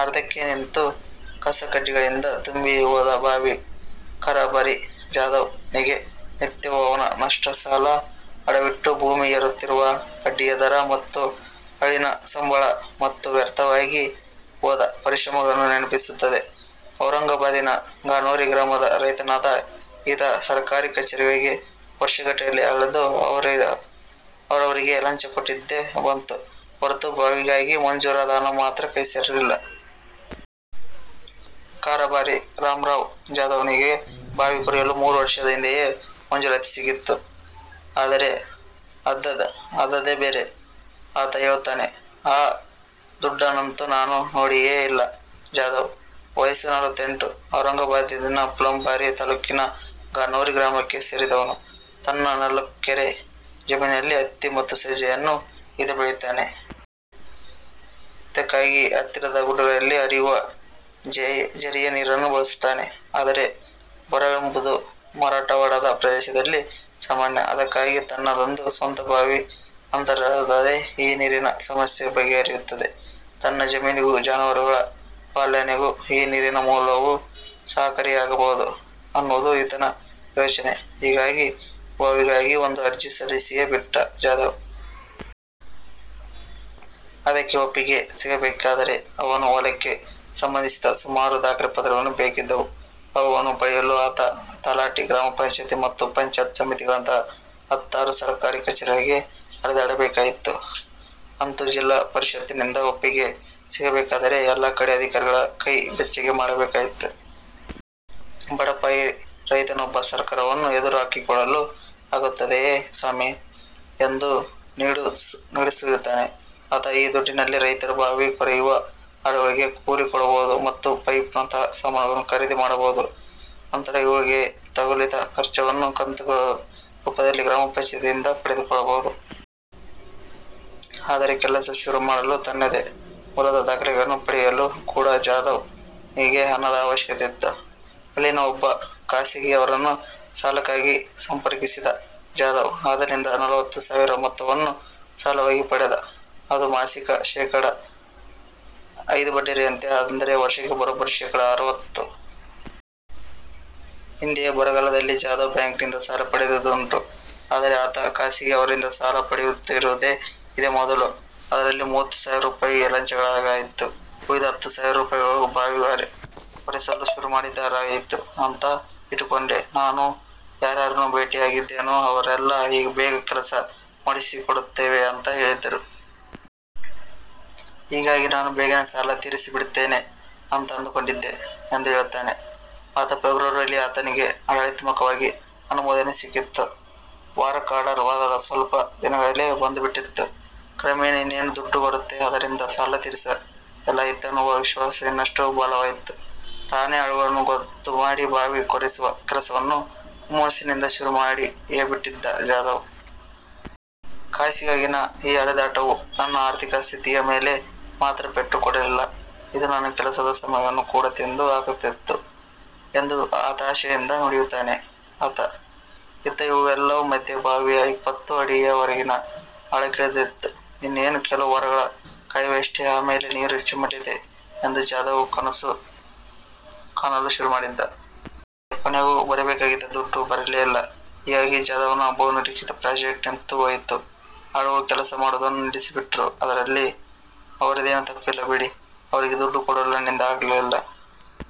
ಅರ್ಧಕ್ಕೆ ನಿಂತು, ಕಸ ಕಡ್ಡಿಗಳಿಂದ ತುಂಬಿ ಹೋದ ಬಾವಿ ಕಾರಭಾರಿ ಜಾಧವ್ ನಿಗೆ ನಿತ್ಯವೂ ಅವನ ನಷ್ಟ, ಸಾಲ, ಅಡವಿಟ್ಟ ಭೂಮಿ, ಏರುತ್ತಿರುವ ಬಡ್ಡಿಯ ದರ ಮತ್ತು ಆಳಿನ ಸಂಬಳ ಮತ್ತು ವ್ಯರ್ಥವಾಗಿ ಹೋದ ಪರಿಶ್ರಮಗಳನ್ನು ನೆನಪಿಸುತ್ತದೆ. ಔರಂಗಾಬಾದಿನ ಗನೋರಿ ಗ್ರಾಮದ ರೈತನಾದ ಈತ ಸರಕಾರಿ ಕಛೇರಿಗಳಿಗೆ ವರ್ಷಗಟ್ಟಲೆ ಅಲೆದು ಅವರಿವರಿಗೆ ಲಂಚ ಕೊಟ್ಟಿದ್ದೇ ಬಂತು ಹೊರತು ಬಾವಿಗಾಗಿ ಮಂಜೂರಾದ ಹಣ ಮಾತ್ರ ಕೈ ಸೇರಲಿಲ್ಲ. ಕಾರಭಾರಿ ರಾಮರಾವ್ ಜಾಧವ್ ನಿಗೆ ಬಾವಿ ಕೊರೆಯಲು ಮೂರು ವರ್ಷದ ಹಿಂದೆಯೇ ಮಂಜೂರಾತಿ ಸಿಕ್ಕಿತ್ತು. ಆದರೆ ಆದದ್ದೇ ಬೇರೆ. ಆತ ಹೇಳುತ್ತಾನೆ, "ಆ ದುಡ್ಡನ್ನಂತೂ ನಾನು ನೋಡಿಯೇ ಇಲ್ಲ. " ಜಾಧವ್, ವಯಸ್ಸು ನಲವತ್ತೆಂಟು, ಔರಂಗಾಬಾದಿನ ಫುಲಾಂಬರಿ ತಾಲೂಕಿನ ಗನೋರಿ ಗ್ರಾಮಕ್ಕೆ ಸೇರಿದವನು. ತನ್ನ ನಾಲ್ಕೆಕರೆ ಜಮೀನಿನಲ್ಲಿ ಹತ್ತಿ ಮತ್ತು ಸಜ್ಜೆಯನ್ನು ಈತ ಬೆಳೆಯುತ್ತಾನೆ. ಇದಕ್ಕಾಗಿ ಹತ್ತಿರದ ಗುಡ್ಡಗಳಲ್ಲಿ ಹರಿಯುವ ಝರಿಯ ನೀರನ್ನು ಬಳಸುತ್ತಾನೆ. ಆದರೆ ಬರವೆಂಬುದು ಮರಾಠವಾಡದ ಪ್ರದೇಶದಲ್ಲಿ ಸಾಮಾನ್ಯ. ಅದಕ್ಕಾಗಿ ತನ್ನದೊಂದು ಸ್ವಂತ ಬಾವಿ ಅಂತಾದರೆ ಈ ನೀರಿನ ಸಮಸ್ಯೆ ಬಗೆಹರಿಯುತ್ತದೆ, ತನ್ನ ಜಮೀನಿಗೂ ಜಾನುವಾರುಗಳ ಪಾಲನೆಗೂ ಈ ನೀರಿನ ಮೂಲವು ಸಹಕಾರಿಯಾಗಬಹುದು ಅನ್ನುವುದು ಈತನ ಯೋಚನೆ. ಹೀಗಾಗಿ ಬಾವಿಗಾಗಿ ಒಂದು ಅರ್ಜಿ ಸಲ್ಲಿಸಿಯೇ ಬಿಟ್ಟ ಜಾಧವ್. ಅದಕ್ಕೆ ಒಪ್ಪಿಗೆ ಸಿಗಬೇಕಾದರೆ ಅವನ ಹೊಲಕ್ಕೆ ಸಂಬಂಧಿಸಿದ ಸುಮಾರು ದಾಖಲೆ ಪಾತ್ರಗಳು ಬೇಕಿದ್ದವು. ಅವುಗಳನ್ನು ಪಡೆಯಲು ಆತ ತಲಾಠಿ, ಗ್ರಾಮ ಪಂಚಾಯತ್ ಮತ್ತು ಪಂಚಾಯತ್ ಸಮಿತಿಗಳಂತಹ ಹತ್ತಾರು ಸರಕಾರಿ ಕಛೇರಿಗಳಿಗೆ ಅಲೆದಾಡಬೇಕಾಯಿತು. ಅಂತೂ ಜಿಲ್ಲಾ ಪರಿಷತ್ತಿನಿಂದ ಒಪ್ಪಿಗೆ ಸಿಗಬೇಕಾದರೆ, ಎಲ್ಲಾ ಕಡೆ ಅಧಿಕಾರಿಗಳ ಕೈ ಬೆಚ್ಚಗೆ ಮಾಡಬೇಕಾಯಿತು. "ಬಡಪಾಯಿ ರೈತನೊಬ್ಬ ಸರಕಾರವನ್ನು ಎದುರು ಹಾಕಿಕೊಳ್ಳಲು ಆಗುತ್ತದೆಯೇ ಸ್ವಾಮೀ? ", ಎಂದು ನಿಡುಸುಯ್ಯುತ್ತಾನೆ ಆತ. ಈ ದುಡ್ಡಿನಲ್ಲಿ ರೈತರು ಬಾವಿ ಕೊರೆಯುವ ಆಳುಗಳಿಗೆ ಕೂಲಿ ಕೊಡಬಹುದು ಮತ್ತು ಪೈಪ್ ನಂತಹ ಸಾಮಾನುಗಳನ್ನು ಖರೀದಿ ಮಾಡಬಹುದು. ನಂತರ ಇವುಗಳಿಗೆ ತಗುಲಿದ ಖರ್ಚನ್ನು ಕಂತುಗಳ ರೂಪದಲ್ಲಿ ಗ್ರಾಮ ಪಂಚಾಯಿತಿಯಿಂದ ಪಡೆದುಕೊಳ್ಳಬಹುದು. ಆದರೆ ಕೆಲಸ ಶುರು ಮಾಡಲು, ತನ್ನದೇ ಹೊಲದ ದಾಖಲೆಗಳನ್ನು ಪಡೆಯಲೂ ಕೂಡ ಜಾಧವ್ ನಿಗೆ ಹಣದ ಅವಶ್ಯಕತೆಯಿತ್ತು. ಅಲ್ಲಿನ ಒಬ್ಬ ಖಾಸಗಿಯವರನ್ನು ಸಾಲಕ್ಕಾಗಿ ಸಂಪರ್ಕಿಸಿದ ಜಾಧವ್ ಆತನಿಂದ ನಲವತ್ತು ಸಾವಿರ ಮೊತ್ತವನ್ನು ಸಾಲವಾಗಿ ಪಡೆದ. ಅದೂ ಮಾಸಿಕ ಶೇಖಡ ಐದ ಬಡ್ಡಿದರದಂತೆ; ಅಂದರೆ ವರ್ಷಕ್ಕೆ ಬರೋಬ್ಬರಿ ಶೇಖಡ ಅರವತ್ತು. ಹಿಂದೆ ಬರಗಾಲದಲ್ಲಿ ಜಾಧವ್ ಬ್ಯಾಂಕಿನಿಂದ ಸಾಲ ಪಡೆದಿದ್ದುಂಟು. ಆದರೆ ಆತ ಖಾಸಗಿಯವರಿಂದ ಸಾಲ ಪಡೆಯುತ್ತಿರುವುದು ಇದೇ ಮೊದಲು. "ಅದರಲ್ಲಿ ಮೂವತ್ತು ಸಾವಿರ ರೂಪಾಯಿ ಲಂಚಗಳಿಗಾಯಿತು. ಉಳಿದ ಹತ್ತು ಸಾವಿರ ರೂಪಾಯಿಗಳನ್ನು ಬಾವಿ ಕೊರೆಸಲು ಶುರು ಮಾಡಿದರಾಯಿತು ಅಂತ ಇಟ್ಟುಕೊಂಡೆ. ನಾನು ಯಾರ್ಯಾರನ್ನು ಭೇಟಿಯಾಗಿದ್ದೆನೋ ಅವರೆಲ್ಲ ಬೇಗ ಕೆಲಸ ಮಾಡಿಸಿಕೊಡುತ್ತೇವೆ ಅಂತ ಹೇಳಿದ್ದರು. ಹೀಗಾಗಿ ನಾನೂ ಬೇಗನೆ ಸಾಲ ತೀರಿಸಿಬಿಡುತ್ತೇನೆ ಅಂತ ಅಂದುಕೊಂಡಿದ್ದೆ", ಎಂದು ಹೇಳುತ್ತಾನೆ ಆತ. ಫೆಬ್ರುವರಿಯಲ್ಲಿ ಆತನಿಗೆ ಆಡಳಿತಾತ್ಮಕ ಅನುಮೋದನೆ ಸಿಕ್ಕಿತ್ತು. ವರ್ಕ್ ಆರ್ಡರ್ ಅದಾದ ಸ್ವಲ್ಪ ದಿನಗಳಲ್ಲೇ ಬಂದುಬಿಟ್ಟಿತು. ಕ್ರಮೇಣ ಇನ್ನೇನು ದುಡ್ಡು ಬರುತ್ತೆ, ಅದರಿಂದ ಸಾಲ ತೀರಿಸಿದರಾಯಿತು ಅನ್ನುವ ವಿಶ್ವಾಸ ಇನ್ನಷ್ಟು ಬಲವಾಯಿತು. ತಾನೇ ಆಳುಗಳನ್ನು ಗೊತ್ತು ಮಾಡಿ ಬಾವಿ ಕೊರೆಸುವ ಕೆಲಸವನ್ನು ಹುಮ್ಮಸ್ಸಿನಿಂದ ಶುರು ಮಾಡಿಯೇಬಿಟ್ಟಿದ್ದ ಜಾಧವ್. "ಕಾಸಿಗಾಗಿನ ಈ ಅಲೆದಾಟವು ನನ್ನ ಆರ್ಥಿಕ ಸ್ಥಿತಿಯ ಮೇಲೆ ಮಾತ್ರ ಪೆಟ್ಟು ಕೊಡಲಿಲ್ಲ, ಇದು ನನ್ನ ಕೆಲಸದ ಸಮಯವನ್ನೂ ಕೂಡ ತಿಂದು ಹಾಕುತ್ತಿತ್ತು'', ಎಂದು ಹತಾಶೆಯಿಂದ ನುಡಿಯುತ್ತಾನೆ ಆತ. ಇತ್ತ ಇವೆಲ್ಲವುಗಳ ಮಧ್ಯೆ, ಬಾವಿಯು ಇಪ್ಪತ್ತು ಅಡಿಯವರೆಗಿನ ಆಳಕ್ಕಿಳಿದಿತ್ತು. ಇನ್ನೇನು ಕೆಲವು ವಾರಗಳ ಕಾಯುವಿಕೆಯಷ್ಟೇ, ಆಮೇಲೆ ನೀರು ಚಿಮ್ಮಲಿದೆ ಎಂದು ಜಾಧವ್ ಕನಸು ಕಾಣಲು ಶುರು ಮಾಡಿದ್ದ. ಆದರೆ ಕೊನೆಗೂ ಬರಬೇಕಾಗಿದ್ದ ದುಡ್ಡು ಬರಲೇ ಇಲ್ಲ. ಹೀಗಾಗಿ ಜಾಧವ್ ನ ಬಹುನಿರೀಕ್ಷಿತ ಪ್ರಾಜೆಕ್ಟ್ ನಿಂತು ಹೋಯಿತು. "ಆಳುಗಳು ಕೆಲಸ ಮಾಡುವುದನ್ನು ನಿಲ್ಲಿಸಿಬಿಟ್ಟರು. ಅದರಲ್ಲಿ ಅವರದ್ದೇನೂ ತಪ್ಪಿಲ್ಲ ಬಿಡಿ. ಅವರಿಗೆ ದುಡ್ಡು ಕೊಡಲು ನನ್ನಿಂದ ಆಗಲಿಲ್ಲ.